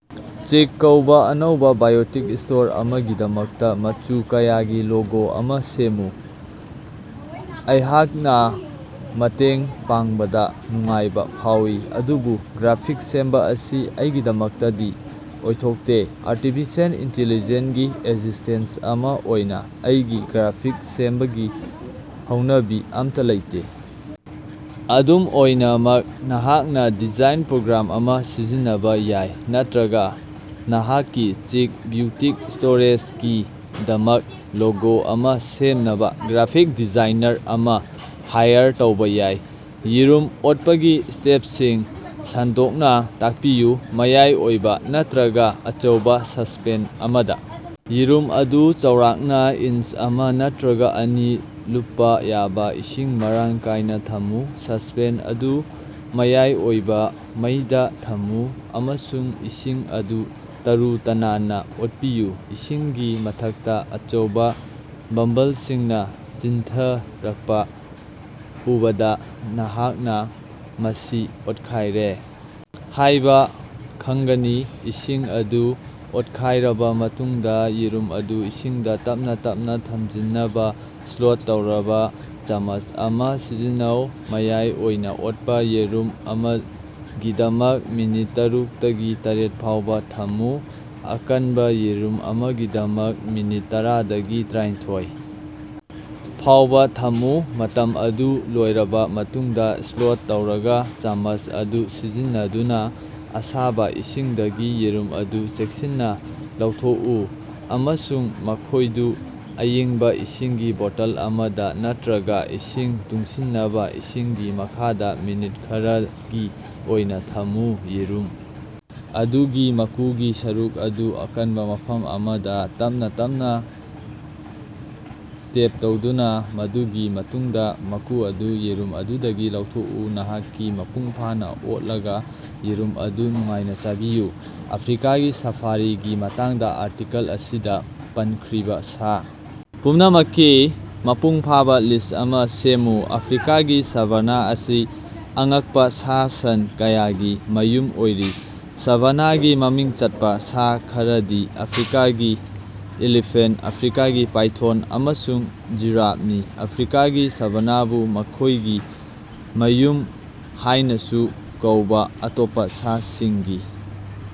"ꯆꯤꯛ" ꯀꯧꯕꯥ ꯑꯅꯧꯕꯥ ꯕ꯭ꯌꯨꯇꯤꯛ ꯁ꯭ꯇꯣꯔ ꯑꯃꯒꯤꯗꯃꯛ ꯃꯆꯨ ꯀꯌꯥꯒꯤ ꯂꯣꯒꯣ ꯑꯃꯥ ꯁꯦꯝꯃꯨ꯫ ꯑꯩꯍꯥꯛꯅꯥ ꯃꯇꯦꯡ ꯄꯥꯡꯕꯗꯥ ꯅꯨꯡꯉꯥꯏꯕꯥ ꯐꯥꯎꯏ ꯑꯗꯨꯕꯨ ꯒ꯭ꯔꯥꯐꯤꯛꯁ ꯁꯦꯝꯕꯥ ꯑꯁꯤ ꯑꯩꯒꯤꯗꯃꯛꯇꯗꯤ ꯑꯣꯏꯊꯣꯛꯇꯦ꯫ ꯑꯔꯇꯤꯐꯤꯁꯦꯜ ꯏꯟꯇꯤꯂꯤꯖꯦꯟꯁꯒꯤ ꯑꯦꯁꯤꯁꯇꯦꯟ ꯑꯃꯥ ꯑꯣꯏꯅꯥ ꯑꯩꯒꯤ ꯒ꯭ꯔꯥꯐꯤꯛ ꯁꯦꯝꯕꯒꯤ ꯍꯧꯅꯕꯤ ꯑꯃꯠꯇꯥ ꯂꯩꯇꯦ꯫ ꯑꯗꯨꯝ ꯑꯣꯏꯅꯃꯛ, ꯅꯍꯥꯛꯅꯥ ꯗꯤꯖꯥꯏꯟ ꯄ꯭ꯔꯣꯒ꯭ꯔꯥꯝ ꯑꯃꯥ ꯁꯤꯖꯤꯟꯅꯕꯥ ꯌꯥꯏ ꯅꯠꯇ꯭ꯔꯒꯥ ꯅꯍꯥꯛꯀꯤ "ꯆꯤꯛ" ꯕ꯭ꯌꯨꯇꯤꯛ ꯁ꯭ꯇꯣꯔꯦꯖꯒꯤꯗꯃꯛ ꯂꯣꯒꯣ ꯑꯃꯥ ꯁꯦꯝꯅꯕꯥ ꯒ꯭ꯔꯥꯐꯤꯛ ꯗꯤꯖꯥꯏꯅꯔ ꯑꯃꯥ ꯍꯥꯏꯔ ꯇꯧꯕꯥ ꯌꯥꯏ꯫ ꯌꯦꯔꯨꯝ ꯑꯣꯠꯄꯒꯤ ꯁ꯭ꯇꯦꯞꯁꯤꯡ ꯁꯟꯗꯣꯛꯅꯥ ꯇꯥꯛꯄꯤꯌꯨ꯫ ꯃꯌꯥꯏ ꯑꯣꯏꯕꯥ ꯅꯠꯇ꯭ꯔꯒꯥ ꯑꯆꯧꯕꯥ ꯁꯁꯄꯦꯟ ꯑꯃꯗꯥ ꯌꯦꯔꯨꯝ ꯑꯗꯨ ꯆꯥꯎꯔꯥꯛꯅꯥ ꯏꯟꯆꯤ ꯑꯃꯥ ꯅꯠꯇ꯭ꯔꯒꯥ ꯑꯅꯤ ꯂꯨꯞꯄꯥ ꯌꯥꯕꯥ ꯏꯁꯤꯡ ꯃꯔꯥꯡ ꯀꯥꯏꯅꯥ ꯊꯝꯃꯨ꯫ ꯁꯁꯄꯦꯟ ꯑꯗꯨ ꯃꯌꯥꯏ ꯑꯣꯏꯕꯥ ꯃꯩꯗꯥ ꯊꯝꯃꯨ ꯑꯃꯁꯨꯡ ꯏꯁꯤꯡ ꯑꯗꯨ ꯇꯔꯨ-ꯇꯅꯥꯟꯅꯥ ꯑꯣꯠꯄꯤꯌꯨ꯫ ꯏꯁꯤꯡꯒꯤ ꯃꯊꯛꯇꯥ ꯑꯆꯧꯕꯥ ꯕꯕꯜꯁꯤꯡꯅꯥ ꯆꯤꯟꯊꯔꯛꯄꯥ ꯎꯕꯗꯥ ꯅꯍꯥꯛꯅꯥ ꯃꯁꯤ ꯑꯣꯠꯈꯥꯏꯔꯦ ꯍꯥꯏꯕꯥ ꯈꯪꯒꯅꯤ꯫ ꯏꯁꯤꯡ ꯑꯗꯨ ꯑꯣꯠꯈꯥꯏꯔꯕꯥ ꯃꯇꯨꯡꯗꯥ, ꯌꯦꯔꯨꯝ ꯑꯗꯨ ꯏꯁꯤꯡꯗꯥ ꯇꯞꯅꯥ ꯇꯞꯅꯥ ꯊꯝꯖꯤꯟꯅꯕꯥ ꯁ꯭ꯂꯣꯠ ꯇꯧꯔꯕꯥ ꯆꯃꯁ ꯑꯃꯥ ꯁꯤꯖꯤꯟꯅꯧ꯫ ꯃꯌꯥꯏ ꯑꯣꯏꯅꯥ ꯑꯣꯠꯄꯥ ꯌꯦꯔꯨꯝ ꯑꯃꯒꯤꯗꯃꯛ, ꯃꯤꯅꯠ ꯇꯥꯔꯨꯛꯇꯒꯤ ꯇꯔꯦꯠ ꯐꯥꯎꯕꯥ ꯊꯝꯃꯨ꯫ ꯑꯀꯟꯕꯥ ꯌꯦꯔꯨꯝ ꯑꯃꯒꯤꯗꯃꯛ, ꯃꯤꯅꯠ ꯇꯔꯥꯗꯒꯤ ꯇꯔꯥꯏꯊꯣꯏ ꯐꯥꯎꯕꯥ ꯊꯝꯃꯨ꯫ ꯃꯇꯝ ꯑꯗꯨ ꯂꯣꯏꯔꯕꯥ ꯃꯇꯨꯡꯗꯥ, ꯁ꯭ꯂꯣꯠ ꯇꯧꯔꯕꯥ ꯆꯃꯁ ꯑꯗꯨ ꯁꯤꯖꯤꯟꯅꯗꯨꯅꯥ ꯑꯁꯥꯕꯥ ꯏꯁꯤꯡꯗꯒꯤ ꯌꯦꯔꯨꯝ ꯑꯗꯨ ꯆꯦꯛꯁꯤꯟꯅꯥ ꯂꯧꯊꯣꯛꯎ ꯑꯃꯁꯨꯡ ꯃꯈꯣꯏꯗꯨ ꯑꯏꯪꯕꯥ ꯏꯁꯤꯡꯒꯤ ꯕꯣꯇꯜ ꯑꯃꯗꯥ ꯅꯠꯇ꯭ꯔꯒꯥ ꯏꯁꯤꯡ ꯇꯨꯡꯁꯤꯟꯕꯥ ꯏꯁꯤꯡꯒꯤ ꯃꯈꯥꯗꯥ ꯃꯤꯅꯠ ꯈꯔꯒꯤ ꯑꯣꯏꯅꯥ ꯊꯝꯃꯨ꯫ ꯌꯦꯔꯨꯝ ꯑꯗꯨꯒꯤ ꯃꯀꯨꯒꯤ ꯁꯔꯨꯛ ꯑꯗꯨ ꯑꯀꯟꯕꯥ ꯃꯐꯝ ꯑꯃꯗꯥ ꯇꯞꯅꯥ ꯇꯞꯅꯥ ꯇꯦꯞ ꯇꯧꯗꯨꯅꯥ, ꯃꯗꯨꯒꯤ ꯃꯇꯨꯡꯗꯥ ꯃꯀꯨ ꯑꯗꯨ ꯌꯦꯔꯨꯝ ꯑꯗꯨꯗꯒꯤ ꯂꯧꯊꯣꯛꯎ꯫ ꯅꯍꯥꯛꯀꯤ ꯃꯄꯨꯡ ꯐꯥꯅꯥ ꯑꯣꯠꯂꯒ ꯌꯦꯔꯨꯝ ꯑꯗꯨ ꯅꯨꯡꯉꯥꯏꯅꯥ ꯆꯥꯕꯤꯌꯨ꯫ ꯑꯐ꯭ꯔꯤꯀꯥꯒꯤ ꯁꯐꯥꯔꯤꯒꯤ ꯃꯇꯥꯡꯗꯥ ꯑꯥꯔꯇꯤꯀꯜ ꯑꯁꯤꯗꯥ ꯄꯟꯈ꯭ꯔꯤꯕꯥ ꯁꯥ ꯄꯨꯝꯅꯃꯛꯀꯤ ꯃꯄꯨꯡꯐꯥꯕꯥ ꯂꯤꯁ ꯑꯃꯥ ꯁꯦꯝꯃꯨ꯫ ꯑꯐ꯭ꯔꯤꯀꯥꯒꯤ ꯁꯥꯚꯥꯅꯥ ꯑꯁꯤ ꯑꯉꯛꯄꯥ ꯁꯥ-ꯁꯟ ꯀꯌꯥꯒꯤ ꯃꯌꯨꯝ ꯑꯣꯏꯔꯤ꯫ ꯁꯥꯚꯥꯅꯥꯒꯤ ꯃꯃꯤꯡ ꯆꯠꯄꯥ ꯁꯥ ꯈꯔꯗꯤ ꯑꯐ꯭ꯔꯤꯀꯥꯒꯤ ꯏꯂꯤꯐꯦꯟꯇ, ꯑꯐ꯭ꯔꯤꯀꯥꯒꯤ ꯄꯥꯏꯊꯣꯟ ꯑꯃꯁꯨꯡ ꯖꯤꯔꯥꯞꯅꯤ꯫ ꯑꯐ꯭ꯔꯤꯀꯥꯒꯤ ꯁꯥꯚꯥꯅꯥꯕꯨ ꯃꯈꯣꯏꯒꯤ ꯃꯌꯨꯝ ꯍꯥꯏꯅꯥꯁꯨ ꯀꯧꯕꯥ ꯑꯇꯣꯞꯄꯥ ꯁꯥꯁꯤꯡꯒꯤ